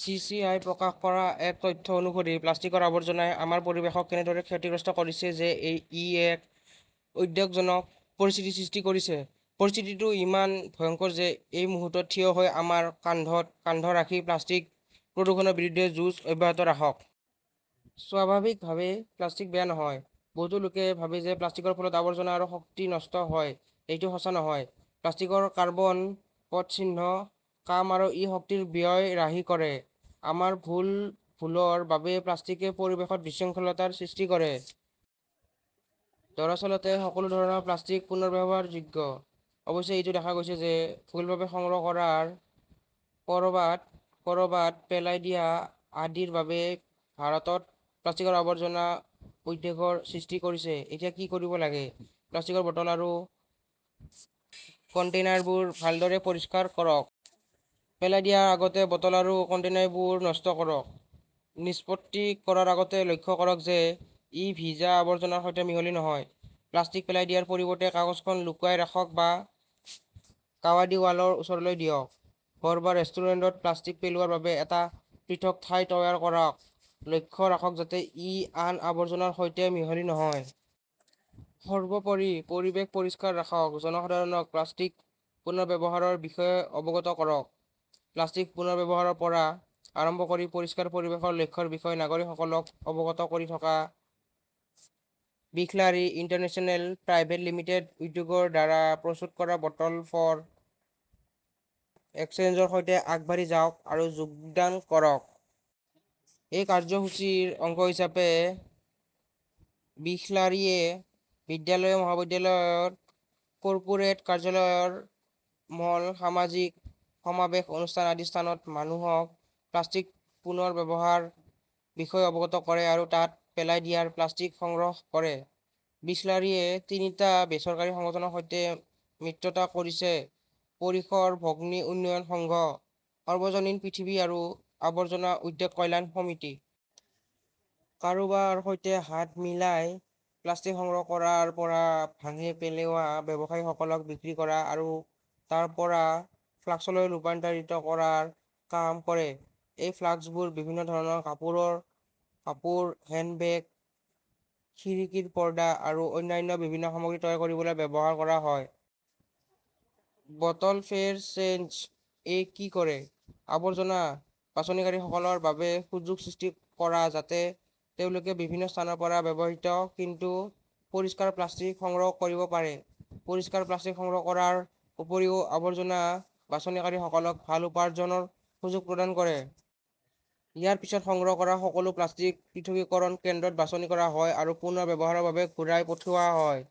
C. C. I. প্ৰকাশ কৰা এক তথ্য অনুসৰি, প্লাষ্টিকৰ আৱৰ্জনাই আমাৰ পৰিৱেশক এনেদৰে ক্ষতিগ্ৰস্ত কৰিছে যে এই ই এক উদ্বেগজনক পৰিস্থিতিৰ সৃষ্টি কৰিছে। পৰিস্থিতিটো ইমান ভয়ংকৰ যে এই মুহূৰ্তত থিয় হৈ আমাৰ কান্ধত কান্ধ ৰাখি প্লাষ্টিক প্ৰদূষণৰ বিৰুদ্ধে যুঁজ অব্যাহত ৰাখক। স্বাভাৱিকভাৱেই প্লাষ্টিক বেয়া নহয়। বহুতো লোকে ভাবে যে প্লাষ্টিকৰ ফলত আৱৰ্জনা আৰু শক্তি নষ্ট হয় ,এইটোও সঁচা নহয়। প্লাষ্টিকৰ কাৰ্বন পদচিহ্ন কাম আৰু ই শক্তিৰ ব্যয় ৰাহি কৰে। আমাৰ ভুল-ভুলৰ বাবেই প্লাষ্টিকে পৰিৱেশত বিশৃংখলতাৰ সৃষ্টি কৰে। দৰাচলতে, সকলো ধৰণৰ প্লাষ্টিক পুনৰ্ব্যৱহাৰযোগ্য। অৱশ্যে এইটো দেখা গৈছে যে ভুলভাৱে সংগ্ৰহ কৰা ক ৰবাত-ক ৰবাত পেলাই দিয়া আদিৰ বাবেই ভাৰতত প্লাষ্টিকৰ আৱৰ্জনা উদ্বেগৰ সৃষ্টি কৰিছে। এতিয়া কি কৰিব লাগে? প্লাষ্টিকৰ বটল আৰু কণ্টেইনাৰবোৰ ভালদৰে পৰিষ্কাৰ কৰক। পেলাই দিয়াৰ আগতে বটল আৰু কণ্টেইনাৰবোৰ নষ্ট কৰক। নিষ্পত্তি কৰাৰ আগতে লক্ষ্য ৰাখক যে ই ভিজা আৱৰ্জনাৰ সৈতে মিহলি নহয়। প্লাষ্টিক পেলাই দিয়াৰ পৰিৱৰ্তে কাগজখন লুকুৱাই ৰাখক বা কাবাদীৱালাৰ ওচৰলৈ দিয়ক। ঘৰ বা ৰেষ্টুৰেণ্টত প্লাষ্টিক পেলোৱাৰ বাবে এটা পৃথক ঠাই তৈয়াৰ কৰক, লক্ষ্য ৰাখক যাতে ই আন আৱৰ্জনাৰ সৈতে মিহলি নহয়। সৰ্বোপৰি, পৰিৱেশ পৰিষ্কাৰ ৰাখক। জনসাধাৰণক প্লাষ্টিক পুনৰ ব্যৱহাৰৰ বিষয়ে অৱগত কৰক। প্লাষ্টিক পুনৰ্ব্যৱহাৰৰ পৰা আৰম্ভ কৰি পৰিষ্কাৰ পৰিৱেশৰ লক্ষ্যৰ বিষয়ে নাগৰিকসকলক অৱগত কৰি থকা বিসলাৰী ইণ্টাৰনেশ্যনেল প্ৰাইভেট লিমিটেডৰ উদ্যোগৰ দ্বাৰা প্ৰস্তুত কৰা বটল ফৰ এক্সচেঞ্জৰ সৈতে আগবাঢ়ি যাওক আৰু যোগদান কৰক। এই কাৰ্যসূচীৰ অংশ হিচাপে বিসলাৰীয়ে বিদ্যালয়, মহাবিদ্যালয়, কৰ্পোৰেট, কাৰ্যালয়, মল, সামাজিক সমাৱেশ, অনুষ্ঠান আদি স্থানত মানুহক প্লাষ্টিক পুনৰ ব্যৱহাৰৰ বিষয়ে অৱগত কৰে আৰু তাত পেলাই দিয়া প্লাষ্টিক সংগ্ৰহ কৰে। বিসলাৰীয়ে তিনিটা বেচৰকাৰী সংগঠনৰ সৈতে মিত্ৰতা কৰিছে পৰিসৰ ভগ্নী উন্নয়ন সংঘ, সৰ্বজনীন পৃথিৱী আৰু আৱৰ্জনা উদ্বেগ কল্যাণ সমিতি। কাৰোবাৰ সৈতে হাত মিলাই প্লাষ্টিক সংগ্ৰহ কৰাৰ পৰা ভাঙি পেলোৱা, ব্যৱসায়ীসকলক বিক্ৰী কৰা, আৰু তাৰ পৰা ফ্লেক্সলৈ ৰূপান্তৰিত কৰাৰ কাম কৰে। এই ফ্লেক্সবোৰ বিভিন্ন ধৰণৰ কাপোৰৰ কাপোৰ, হেণ্ড বেগ, খিৰিকীৰ পৰ্দা আৰু অন্যান্য বিভিন্ন সামগ্ৰী তৈয়াৰ কৰিবলৈ ব্যৱহাৰ কৰা হয়। বটল ফৰ চেঞ্জ এ কি কৰে? আৱৰ্জনা বাছনিকাৰীসকলৰ বাবে সুযোগ সৃষ্টি কৰা যাতে তেওঁলোকে বিভিন্ন স্থানৰ পৰা ব্যৱহৃত কিন্তু পৰিষ্কাৰ প্লাষ্টিক সংগ্ৰহ কৰিব পাৰে। পৰিষ্কাৰ প্লাষ্টিক সংগ্ৰহ কৰাৰ উপৰিও আৱৰ্জনা বাছনিকাৰীসকলক ভাল উপাৰ্জনৰ সুযোগ প্ৰদান কৰে। ইয়াৰ পিছত সংগ্ৰহ কৰা সকলো প্লাষ্টিক পৃথকীকৰণ কেন্দ্ৰত বাছনি কৰা হয় আৰু পুনৰ ব্যৱহাৰৰ বাবে ঘূৰাই পঠিওৱা হয়।